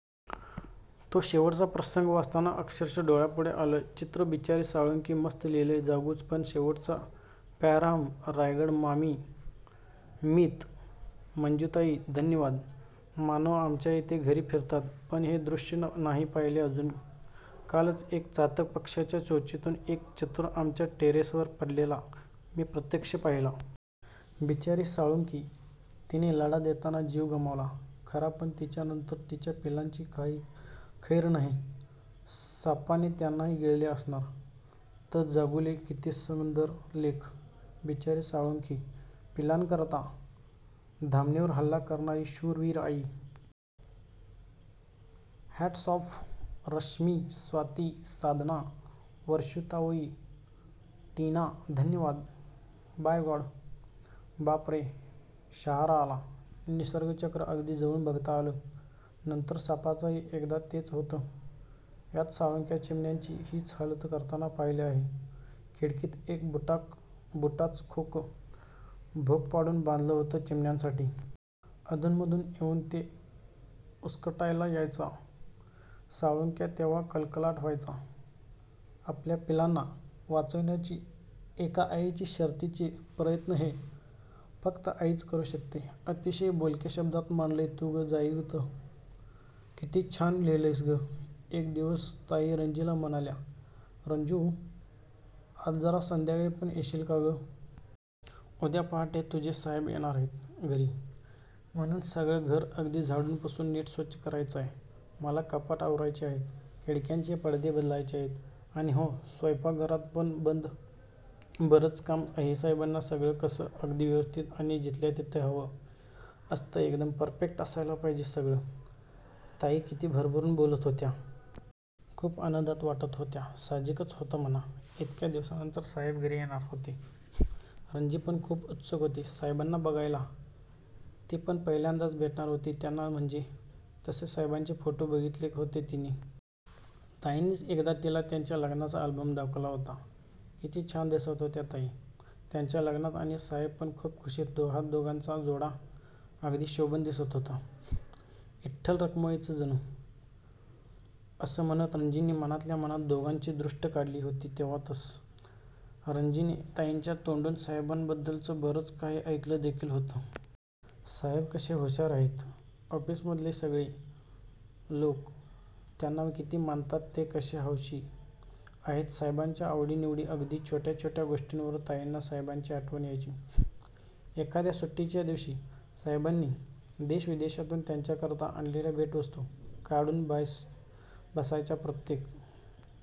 तो शेवटचा प्रसंग वाचताना अक्षरशः डोळ्यापुढे आलं चित्रं. बिचारी साळुंखी. मस्त लिहीलंय जागू पण शेवटचा पॅराहम्म्म्म्. रायगड, मामी, मित, मंजूताई धन्यवाद. मानव आमच्याइथे घारी फिरतात पण हे दृश्य नाही पाहीले अजून. कालच एक चातक पक्श्याच्या चोचीतून एक चतूर आमच्या टेरेसवर पडलेला मी प्रत्यक्ष पाहीला. बिचारी साळूण्की. तिने लढा देताना जीव गमावला खरा पण तिच्यां नंतर तिच्या पिल्लांची काही खैर नहै. सांपाने त्यांनाही गिळले असणार. तःजागुले किती सुंदर लेख.. बिचारी साळुंखी.. पिल्लांकरता धामणीवर हल्ला करणारी शूर वीर आई.. हॅट्स ऑफ!! रश्मी, स्वाती, साधना, वर्षुताऊई, टीना धन्यवाद. My God. बापरे, शहारा आला. निसर्गचक्र अगदी जवळून बघता आलं. नंतर सापाचंही एकदा तेच होतं. याच साळुंक्या चिमण्यांची हीच हालत करताना पाहिलं आहे. खिडकीत एक बुटाचं खोकं भोक पाडून बांधलं होतं चिमण्यांसाठी. अधूनमधून येऊन ते उसकटायला यायच्या साळुंक्या तेव्हा कलकलाट व्हायचा. आपल्या पिल्लांना वाचविण्याची एका आईचे शर्तीचे प्रयत्नहे फक्त आईच करू शकते. अतिशय बोलक्या शब्दात मांडलय तू ताईजागू, किती छान लिहीलयस ग. एक दिवस ताई रंजीला म्हणाल्या,"रंजू, आज जरा संध्याकाळी पण येशील का गं? उद्या पहाटे तुझे साहेब येणार आहेत घरी; म्हणून सगळं घर अगदी झाडून पुसून नीट स्वच्छ करायचंय मला, कपाटं आवरायची आहेत, खिडक्यांचे पडदे बदलायचे आहेतआणि हो- स्वैपाकघरात पण बरंच काम आहेसाहेबांना सगळं कसं अगदी व्यवस्थित आणि जिथल्या तिथे हवं असतंएकदम परफेक्ट असायला पाहिजे सगळं"ताई किती भरभरून बोलत होत्या.. खूप आनंदात वाटत होत्या साहजिकच होतं म्हणा.. इतक्या दिवसांनंतर साहेब घरी येणार होते! रंजी पण खूप उत्सुक होती साहेबांना बघायला. ती पण पहिल्यांदाच भेटणार होती त्यांना म्हणजे तसे साहेबांचे फोटो बघितले होते तिनी! ताईंनीच एकदा तिला त्यांच्या लग्नाचा अल्बम दाखवला होता. किती छान दिसत होत्या ताई त्यांच्या लग्नातआणि साहेब पण खूप खुशीत होतेदोघांचा जोडा अगदी शोभून दिसत होता.. 'इठ्ठल-रखुमाई च जनु'.. असं म्हणत रंजीनी मनातल्या मनात दोघांची दृष्ट काढली होती तेव्हातसं रंजीनी ताईंच्या तोंडून साहेबांबद्दल बरंच काही ऐकलं देखील होतं. साहेब कसे हुशार आहेतऑफिस मधले सगळे लोक त्यांना किती मानतातते कसे हौशी आहेतसाहेबांच्या आवडी निवडीअगदी छोट्या छोट्या गोष्टींवरून ताईंना साहेबांची आठवण यायची! एखाद्या सुट्टीच्या दिवशी साहेबांनी देश-विदेशातून त्यांच्याकरता आणलेल्या भेटवस्तू काढून बसायच्याप्रत्येक